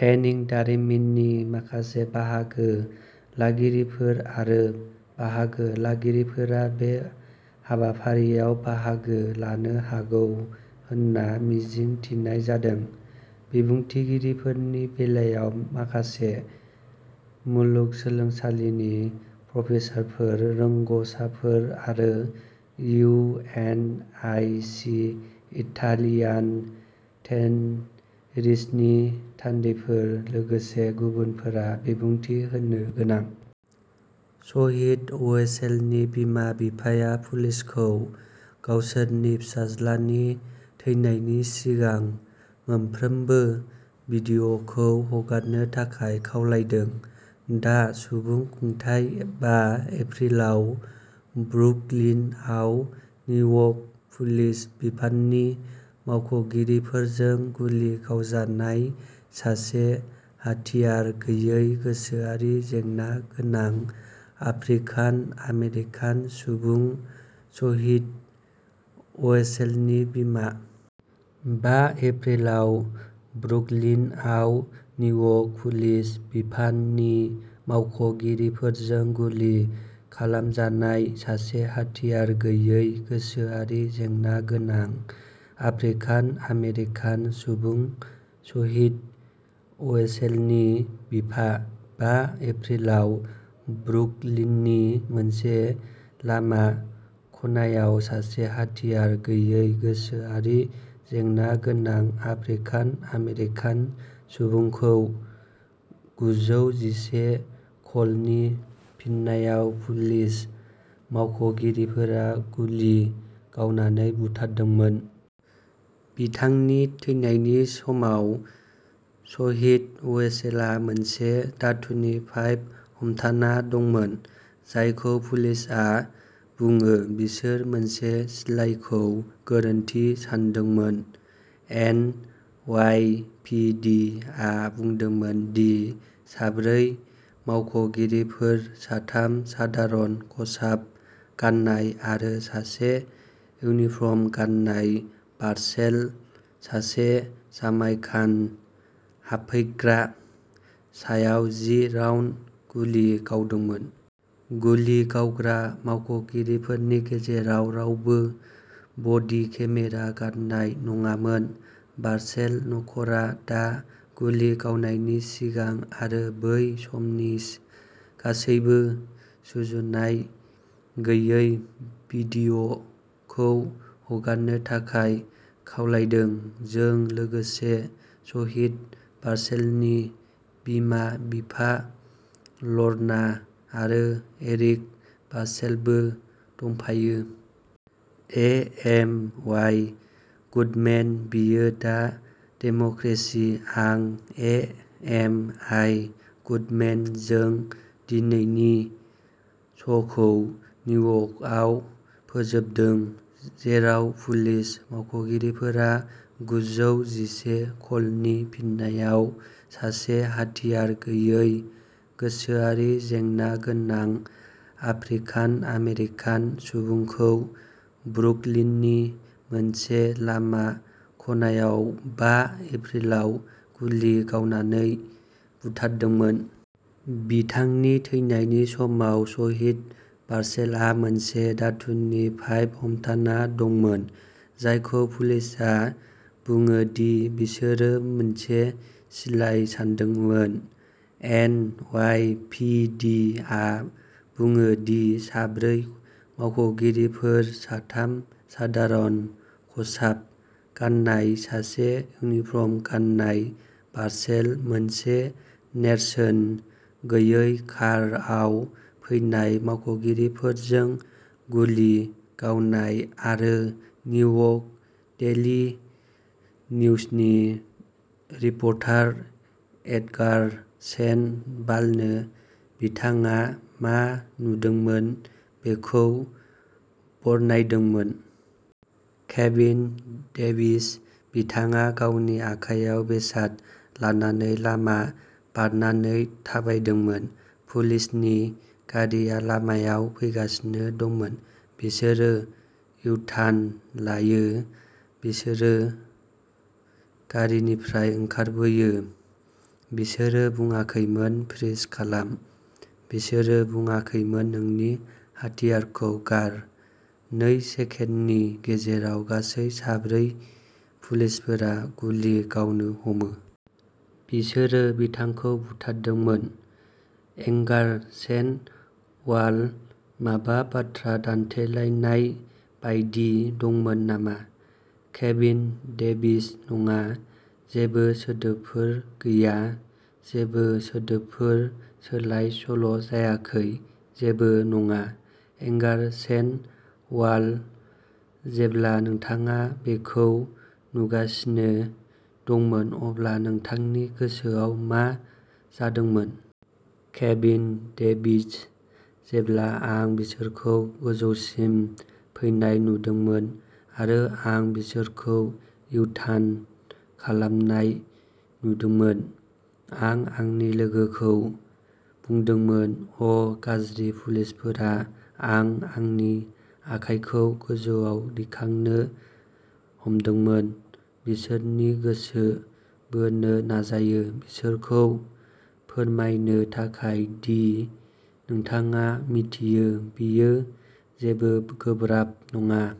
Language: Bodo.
टेनिं दारिमिननि माखासे बाहागो लागिरिफोर आरो बाहागो लागिरिफोरा बे हाबाफारियाव बाहागो लानो हागौ होनना मिजिं थिनाय जादों। बिबुंथिगिरिफोरनि बेलायाव, माखासे मुलुगसोलोंसालिनि प्रफेसारफोर, रोंग'साफोर आरो इउ. एन. आइ. सि.-इटालियान टेनरिसनि थान्दैफोर, लोगोसे गुबुनफोरा बिबुंथि होनो गोनां। शहीद अवेसेलनि बिमा-बिफाया पुलिसखौ गावसोरनि फिसाज्लानि थैनायनि सिगां मोनफ्रोमबो भिडिअखौ हगारनो थाखाय खावलायदों। दा सुबुंखुंथाइ बा एप्रिलाव ब्रुकलिनआव निउयर्क पुलिस बिफाननि मावख'गिरिफोरजों गुलि गावजानाय सासे हाथियार गैयै, गोसोआरि जेंना गोनां आफ्रिकान-आमेरिकान सुबुं शहीद अवेसेलनि बिमा। बा एप्रिलाव ब्रुकलिनआव निउयर्क पुलिस बिफाननि मावख'गिरिफोरजों गुलि खालामजानाय सासे हाथियार गैयै, गोसोआरि जेंना गोनां आफ्रिकान-आमेरिकान सुबुं शहीद अवेसेलनि बिफा। बा एप्रिलाव ब्रुकलिननि मोनसे लामा खनायाव सासे हाथियार गैयै, गोसोआरि जेंना गोनां आफ्रिकान-आमेरिकान सुबुंखौ गुजौ जिसे कलनि फिननायाव पुलिस मावख'गिरिफोरा गुलि गावनानै बुथारदोंमोन। बिथांनि थैनायनि समाव, शहीद अवेसेलआ मोनसे धातुनि पाइप हमथाना दंमोन जायखौ पुलिसआ बुङो। बिसोर मोनसे सिलाइखौ गोरोन्थि सानदोंमोन। एन. अवाइ. पि. दि. आ बुंदोंमोन दि साब्रै मावख'गिरिफोर-साथाम सादारन खसाब गान्नाय आरो सासे इउनिफर्म गाननाय-भासेल, सासे जामाइकान हाबफैग्रा, सायाव जि राउन्ड गुलि गावदोंमोन। गुलि गावग्रा मावख'गिरिफोरनि गेजेराव रावबो बडि केमेरा गाननाय नङामोन। भासेल नखरा दा गुलि गावनायनि सिगां आरो बै समनि गासैबो सुजुनाय गैयै भिडिअखौ हगारनो थाखाय खावलायदों। जों लोगोसे सहिद भासेलनि बिमा-बिफा, ल'रना आरो एरिक भासेलबो दंफायो। ए. एम. अवाइ. गुडमेन बेयो दा डेम'क्रेसि आं ए. एम. आइ. गुडमेन। जों दिनैनि श'खौ निउयर्कआव फोजोबदों, जेराव पुलिस मावख'गिरिफोरा गुजौ जिसे कलनि फिननायाव सासे हाथियार गैयै, गोसोआरि जेंना गोनां आफ्रिकान-आमेरिकान सुबुंखौ ब्रुकलिननि मोनसे लामा खनायाव बा एप्रिलाव गुलि गावनानै बुथारदोंमोन। बिथांनि थैनायनि समाव, सहिद भासेलआ मोनसे धातुनि पाइप हमथाना दंमोन जायखौ पुलिसआ बुङो दि बिसोरो मोनसे सिलाइ सानदोंमोन। एन. अवाइ. पि. दि. आ बुङो दि साब्रै मावख'गिरिफोर-साथाम सादारन खसाब गान्नाय, सासे इउनिफर्म गाननाय-भासेल, मोनसे नेरसोन गैयै कारआव फैनाय मावख'गिरिफोरजों गुलि गावनाय, आरो निउयर्क डेइलि निउजनि रिपर्टार एडगार सेन्ड'भालनो बिथाङा मा नुदोंमोन बेखौ बरनायदोंमोन। केभिन डेभिस बिथाङा गावनि आखायाव बेसाद लानानै लामा बारनानै थाबायदोंमोन। पुलिसनि गारिआ लामायाव फैगासिनो दंमोन। बिसोरो इउ-टार्न लायो बिसोरो गारिनिफ्राय ओंखारबोयो। बिसोरो बुङाखैमोन, "फ्रिज खालाम।" बिसोरो बुङाखैमोन, "नोंनि हाथियारखौ गार।" नै सेकेन्डनि गेजेराव, गासै साब्रै पुलिसफोरा गुलि गावनो हमो। बिसोरो बिथांखौ बुथारदोंमोन। एडगार सेन्ड'वाल माबा बाथ्रा दान्थेलायनाय बायदि दंमोन नामा? केभिन डेभिस नङा, जेबो सोदोबफोर गैया। जेबो सोदोबफोर सोलाय-सोल'जायाखै। जेबो नङा। एडगार सेन्ड'वाल जेब्ला नोंथाङा बेखौ नुगासिनो दंमोन, अब्ला नोंथांनि गोसोआव मा जादोंमोन? केभिन डेभिस जेब्ला आं बिसोरखौ गोजौसिम फैनाय नुदोंमोन आरो आं बिसोरखौ इउ-टार्न खालामनाय नुदोंमोन, आं आंनि लोगोखौ बुंदोंमोन, "अ, गाज्रि पुलिसफोरा" आं आंनि आखाइखौ गोजौआव दिखांनो हमदोंमोन, बिसोरनि गोसो बोनो नाजायो, बिसोरखौ फोरमायनो थाखाय दि, नोंथाङा मिथियो, बेयो जेबो गोब्राब नङा।